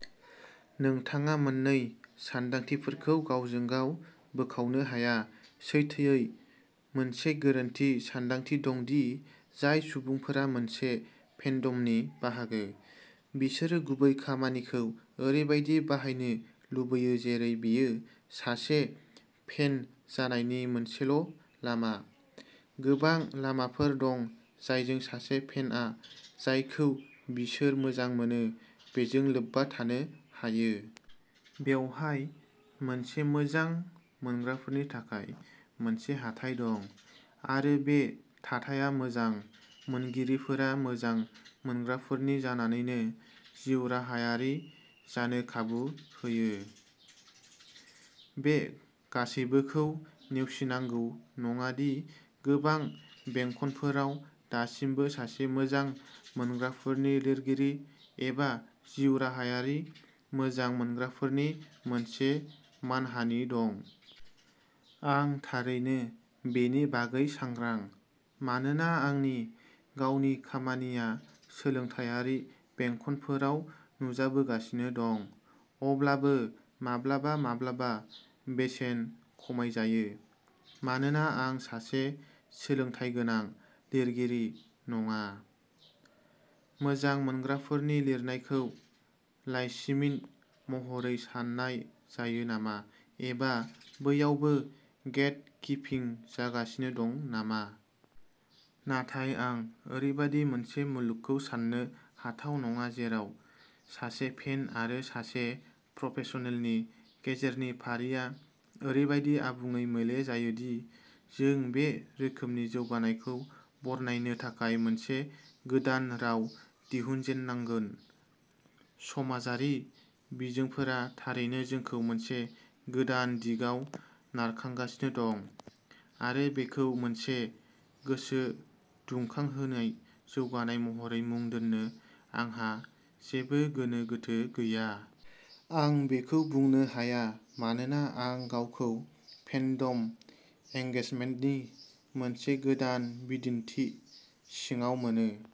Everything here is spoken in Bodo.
नोंथाङा मोन्नै सानदांथिफोरखौ गावजों गाव बोखावनो हाया। सैथोयै, मोनसे गोरोन्थि सानदांथि दं दि जाय सुबुंफोरा मोनसे फेन्डमनि बाहागो, बिसोरो गुबै खामानिखौ ओरैबायदि बाहायनो लुबैयो जेरै बेयो सासे फेन जानायनि मोनसेल'लामा। गोबां लामाफोर दं जायजों सासे फेनआ जायखौ बिसोर मोजां मोनो बेजों लोब्बा थानो हायो। बेवहाय मोनसे मोजां मोनग्राफोरनि थाखाय मोनसे हाथाइ दं आरो बे थाथाया मोजां मोनगिरिफोरा मोजां मोनग्राफोरनि जानानैनो जिउराहायारि जानो खाबु होयो। बे गासैबोखौ नेवसिनांगौ नङा दि गोबां बेंखनफोराव दासिमबो सासे मोजां मोनग्राफोरनि लिरगिरि एबा "जिउराहायारि मोजां मोनग्राफोरनि" मोनसे मानहानि दं। आं थारैनो बेनि बागै सांग्रां, मानोना आंनि गावनि खामानिया सोलोंथायारि बेंखनफोराव नुजाबोगासिनो दं, अब्लाबो माब्लाबा-माब्लाबा बेसेन खमायजायो मानोना आं सासे "सोलोंथायगोनां" लिरगिरि नङा। मोजां मोनग्राफोरनि लिरनायखौ लाइसिमिन महरै सान्नाय जायो नामा, एबा बैयावबो गेट-कीपिं जागासिनो दं नामा? नाथाय आं ओरैबायदि मोनसे मुलुगखौ सान्नो हाथाव नङा जेराव सासे फेन आरो सासे प्रफेसनेलनि गेजेरनि फारिया ओरैबायदि आबुङै मोले जायो दि जों बे रोखोमनि जौगानायखौ बरनायनो थाखाय मोनसे गोदान राव दिहुनजेननांगोन। समाजारि बिजोंफोरा थारैनो जोंखौ मोनसे गोदान दिगाव नारखांगासिनो दं, आरो बेखौ मोनसे गोसोदुंखांहोनाय जौगानाय महरै मुं दोन्नो आंहा जेबो गोनो गोथो गैया। आं बेखौ बुंनो हाया मानोना आं गावखौ फेन्डम एंगेजमेन्टनि मोनसे गोदान बिदिनथि सिङाव मोनो।